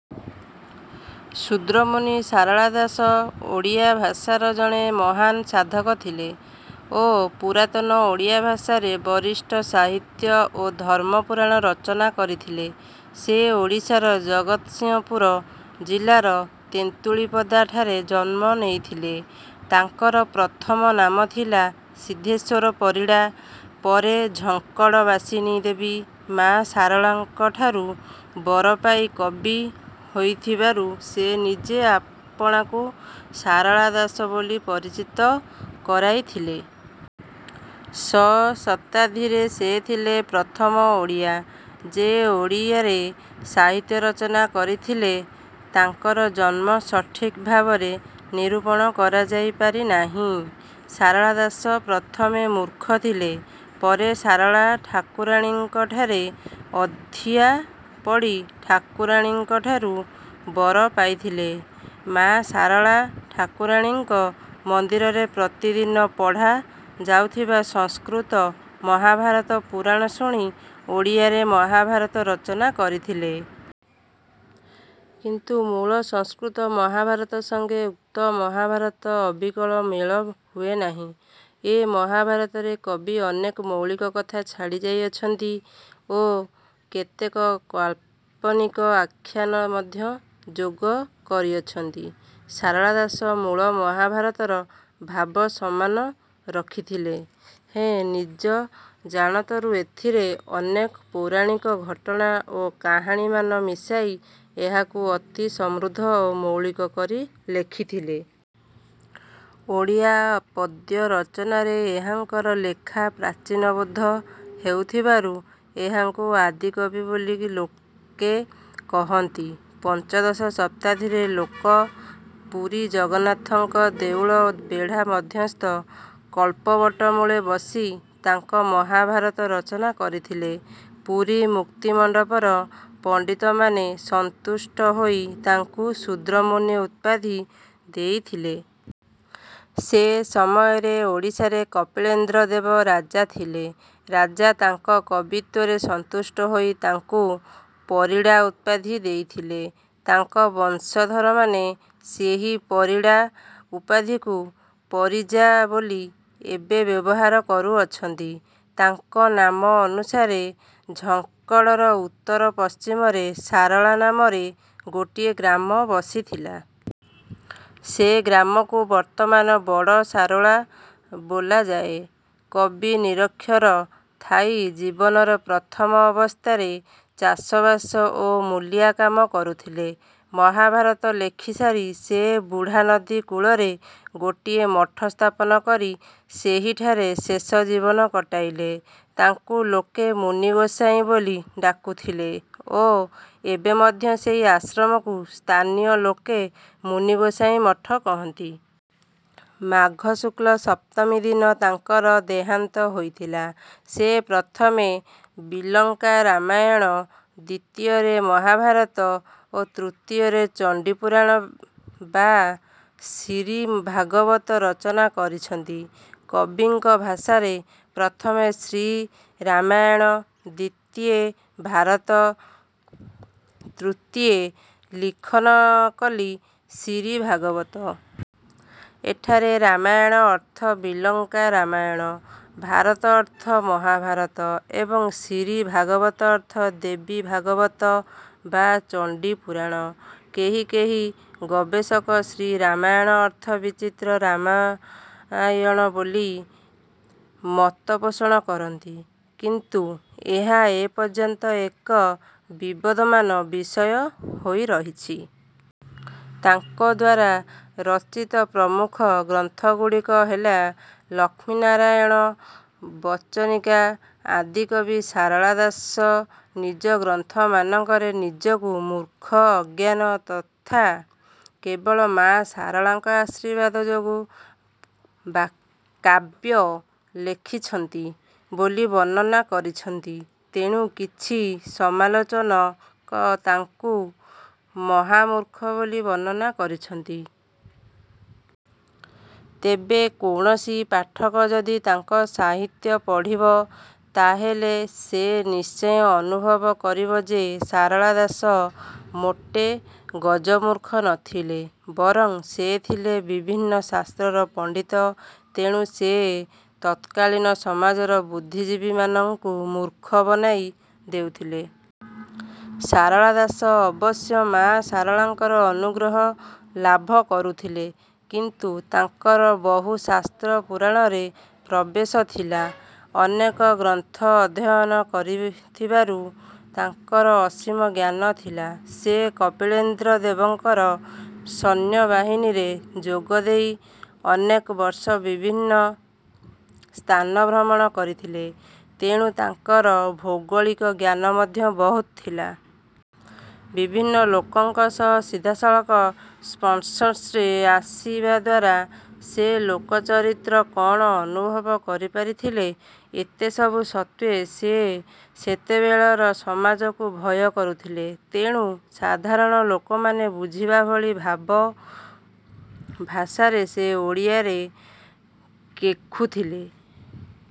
ଶୂଦ୍ରମୁନି ସାରଳା ଦାସ ଓଡ଼ିଆ ଭାଷାର ଜଣେ ମହାନ ସାଧକ ଥିଲେ ଓ ପୁରାତନ ଓଡ଼ିଆ ଭାଷାରେ ବଳିଷ୍ଠ ସାହିତ୍ୟ ଓ ଧର୍ମ ପୁରାଣ ରଚନା କରିଥିଲେ। ସେ ଓଡ଼ିଶାର ଜଗତସିଂହପୁର ଜିଲ୍ଲାର "ତେନ୍ତୁଳିପଦା"ଠାରେ ଜନ୍ମ ନେଇଥିଲେ। ତାଙ୍କର ପ୍ରଥମ ନାମ ଥିଲା "ସିଦ୍ଧେଶ୍ୱର ପରିଡ଼ା", ପରେ ଝଙ୍କଡ ବାସିନୀ ଦେବୀ ମା ଶାରଳାଙ୍କଠାରୁ ବର ପାଇ କବି ହୋଇଥିବାରୁ ସେ ନିଜେ ଆପଣାକୁ 'ସାରଳା ଦାସ' ବୋଲି ପରିଚିତ କରାଇଥିଲେ। ଶ ଶତାବ୍ଦୀରେ ସେ ଥିଲେ ପ୍ରଥମ ଓଡ଼ିଆ ଯେ ଓଡ଼ିଆରେ ସାହିତ୍ୟ ରଚନା କରିଥିଲେ। ତାଙ୍କର ଜନ୍ମ ସଠିକ ଭାବରେ ନିରୂପଣ କରାଯାଇ ପାରି ନାହିଁ। ସାରଳା ଦାସ ପ୍ରଥମେ ମୂର୍ଖ ଥିଲେ; ପରେ ସାରଳା ଠାକୁରାଣୀଙ୍କଠାରେ ଅଧିଆ ପଡ଼ି ଠାକୁରାଣୀଙ୍କଠାରୁ ବର ପାଇଥିଲେ। ମା ଶାରଳା ଠାକୁରାଣୀଙ୍କ ମନ୍ଦିରରେ ପ୍ରତି ଦିନ ପଢ଼ା ଯାଉଥିବା ସଂସ୍କୃତ ମହାଭାରତ ପୁରାଣ ଶୁଣି ଓଡ଼ିଆରେ ମହାଭାରତ ରଚନା କରିଥିଲେ। କିନ୍ତୁ ମୂଳ ସଂସ୍କୃତ ମହାଭାରତ ସଙ୍ଗେ ଉକ୍ତ ମହାଭାରତ ଅବିକଳ ମେଳ ହୁଏ ନାହିଁ। ଏ ମହାଭାରତରେ କବି ଅନେକ ମୌଳିକ କଥା ଛାଡ଼ି ଯାଇଅଛନ୍ତି ଓ କେତେକ କାଳ୍ପନିକ ଆଖ୍ୟାନ ମଧ୍ୟ ଯୋଗ କରିଅଛନ୍ତି। ସାରଳା ଦାସ ମୂଳ ମହାଭାରତର ଭାବ ସମାନ ରଖିଥିଲେ ହେଁ ନିଜ ଜାଣତରୁ ଏଥିରେ ଅନେକ ପୌରାଣିକ ଘଟଣା ଓ କାହାଣୀମାନ ମିଶାଇ ଏହାକୁ ଅତି ସମୃଦ୍ଧ ଓ ମୌଳିକ କରି ଲେଖିଥିଲେ। ଓଡ଼ିଆ ପଦ୍ୟ ରଚନାରେ ଏହାଙ୍କର ଲେଖା ପ୍ରାଚୀନ ବୋଧ ହେଉଥିବାରୁ ଏହାଙ୍କୁ ଆଦିକବି ବୋଲି ଲୋକେ କହନ୍ତି। ପଞ୍ଚଦଶ ଶତାବ୍ଦୀର ଲୋକ ପୁରୀ ଜଗନ୍ନାଥଙ୍କ ଦେଉଳ ବେଢା ମଧ୍ୟସ୍ଥ କଳ୍ପବଟ ମୂଳେ ବସି ତାଙ୍କ ମହାଭାରତ ରଚନା କରିଥିଲେ। ପୁରୀ ମୁକ୍ତିମଣ୍ଡପର ପଣ୍ଡିତମାନେ ସନ୍ତୁଷ୍ଟ ହୋଇ ତାଙ୍କୁ 'ଶୂଦ୍ରମୁନି' ଉପାଧି ଦେଇଥିଲେ। ସେ ସମୟରେ ଓଡ଼ିଶାରେ କପିଳେନ୍ଦ୍ର ଦେବ ରାଜା ଥିଲେ। ରାଜା ତାଙ୍କ କବିତ୍ୱରେ ସନ୍ତୁଷ୍ଟ ହୋଇ ତାଙ୍କୁ 'ପରିଡ଼ା' ଉପାଧି ଦେଇଥିଲେ। ତାଙ୍କ ବଂଶଧରମାନେ ସେହି 'ପରିଡ଼ା' ଉପାଧିକୁ 'ପରିଜା' ବୋଲି ଏବେ ବ୍ୟବହାର କରୁଅଛନ୍ତି। ତାଙ୍କ ନାମ ଅନୁସାରେ ଝଙ୍କଡ଼ର ଉତ୍ତର-ପଶ୍ଚିମରେ 'ସାରଳା' ନାମରେ ଗୋଟିଏ଼ ଗ୍ରାମ ବସିଥିଲା। ସେ ଗ୍ରାମକୁ ବର୍ତ୍ତମାନ 'ବଡ଼ ସାରୋଳ' ବୋଲାଯାଏ। କବି ନିରକ୍ଷର ଥାଇ ଜୀବନର ପ୍ରଥମ ଅବସ୍ଥାରେ ଚାଷବାସ ଓ ମୂଲିଆ କାମ କରୁଥିଲେ। ମହାଭାରତ ଲେଖି ସାରି ସେ ବୁଢ଼ାନଦୀ କୂଳରେ ଗୋଟିଏ ମଠ ସ୍ଥାପନ କରି ସେହିଠାରେ ଶେଷ ଜୀବନ କଟାଇଲେ। ତାଙ୍କୁ ଲୋକେ 'ମୁନିଗୋସାଇଁ' ବୋଲି ଡାକୁଥିଲେ ଓ ଏବେ ମଧ୍ୟ ସେହି ଆଶ୍ରମକୁ ସ୍ଥାନୀୟ ଲୋକେ ମୁନି ଗୋସାଈଁ ମଠ କହନ୍ତି। ମାଘ ଶୁକ୍ଳ ସପ୍ତମୀ ଦିନ ତାଙ୍କର ଦେହାନ୍ତ ହୋଇଥିଲା। ସେ ପ୍ରଥମେ ବିଲଙ୍କା ରାମାୟଣ, ଦ୍ୱିତୀୟରେ ମହାଭାରତ ଓ ତୃତୀୟରେ ଚଣ୍ଡୀପୁରାଣ ବା ଶିରୀ ଭାଗବତ ରଚନା କରିଛନ୍ତି। କବିଙ୍କ ଭାଷାରେ:- "ପ୍ରଥମେ ଶ୍ରୀ ରାମାୟଣ ଦ୍ୱିତୀୟେ ଭାରତ ତୃତୀୟେ ଲିଖନ କଲି ଶିରୀ ଭାଗବତ"। ଏଠାରେ ରାମାୟଣ ଅର୍ଥ 'ବିଲଙ୍କା ରାମାୟଣ', ଭାରତ ଅର୍ଥ 'ମହାଭାରତ' ଏବଂ ଶିରୀ ଭାଗବତ ଅର୍ଥ 'ଦେବୀ ଭାଗବତ' ବା 'ଚଣ୍ଡୀପୁରାଣ'। କେହି କେହି ଗବେଷକ ଶ୍ରୀ ରାମାୟଣ ଅର୍ଥ ବିଚିତ୍ର ରାମାୟଣ ବୋଲି ମତପୋଷଣ କରନ୍ତି। କିନ୍ତୁ ଏହା ଏପର୍ଯ୍ୟନ୍ତ ଏକ ବିବଦମାନ ବିଷୟ ହୋଇରହିଛି। ତାଙ୍କଦ୍ୱାରା ରଚିତ ପ୍ରମୁଖ ଗ୍ରନ୍ଥଗୁଡିକ ହେଲା:- ଲକ୍ଷ୍ମୀନାରାୟଣ ବଚନିକା ଆଦିକବି ଶାରଳା ଦାସ ନିଜ ଗ୍ରନ୍ଥମାନଙ୍କରେ ନିଜକୁ ମୁର୍ଖ, ଅଜ୍ଞାନ ତଥା କେବଳ ମା ଶାରଳାଙ୍କ ଆଶୀର୍ବାଦ ଯୋଗୁ କାବ୍ୟ ଲେଖିଛ୍ହନ୍ତି ବୋଲି ବର୍ଣ୍ଣନା କରିଛନ୍ତି; ତେଣୁ କିଛି ସମାଲୋଚକ ତାଙ୍କୁ ମହାମୁର୍ଖ ବୋଲି ବର୍ଣ୍ଣନା କରିଛନ୍ତି। ତେବେ ଯେକୌଣସି ପାଠକ ଯଦି ତାଙ୍କ ସାହିତ୍ୟ ପଢ଼ିବ, ତାହାହେଲେ ସେ ନିଶ୍ଚୟ ଅନୁଭବ କରିବ ଯେ ଶାରଳା ଦାସ ମୋଟେ ଗଜମୁର୍ଖ ନ ଥିଲେ। ବରଂ ସେ ଥିଲେ ବିଭିନ୍ନ ଶାସ୍ତ୍ରର ପଣ୍ଡିତ, ତେଣୁ ସେ ତତ୍କାଳୀନ ସମାଜର ବୁଦ୍ଧିଜୀବିମାନଙ୍କୁ ମୂର୍ଖ ବନାଇ ଦେଉଥିଲେ। ଶାରଳା ଦାସ ଅବଶ୍ୟ ମା ଶାରଳାଙ୍କର ଅନୁଗ୍ରହ ଲାଭ କରିଥିଲେ, କିନ୍ତୁ ତାଙ୍କର ବହୁ ଶାସ୍ତ୍ର ପୁରାଣରେ ପ୍ରବେଶ ଥିଲା। ଅନେକ ଗ୍ରନ୍ଥ ଅଧ୍ୟୟନ କରିଥିବାରୁ ତାଙ୍କର ଅସୀମ ଜ୍ଞାନ ଥିଲା। ସେ କପିଳେନ୍ଦ୍ରଦେବଙ୍କର ସୈନ୍ୟବାହିନୀରେ ଯୋଗଦେଇ ଅନେକବର୍ଷ ବିଭିନ୍ନ ସ୍ଥାନ ଭ୍ରମଣ କରିଥିଲେ, ଏଣୁ ତାଙ୍କର ଭୌଗଳିକ ଜ୍ଞାନ ମଧ୍ୟ ବହୁତ ଥିଲା। ବିଭିନ୍ନ ଲୋକଙ୍କ ସହ ସିଧାସଳଖ ସଂସ୍ପର୍ଶରେ ଆସିବାଦ୍ୱାରା ସେ ଲୋକଚରିତ୍ର କଣ ଅନୁଭବ କରିପାରିଥିଲେ। ଏତେ ସବୁ ସତ୍ତ୍ୱେ ସେ ସେତେବେଳର ସମାଜକୁ ଭୟ କରୁଥିଲେ, ତେଣୁ ସାଧାରଣ ଲୋକମାନେ ବୁଝିବା ଭଳି ଭାବ ଭାଷାରେ ସେ ଓଡ଼ିଆରେ କେଖୁଥିଲେ।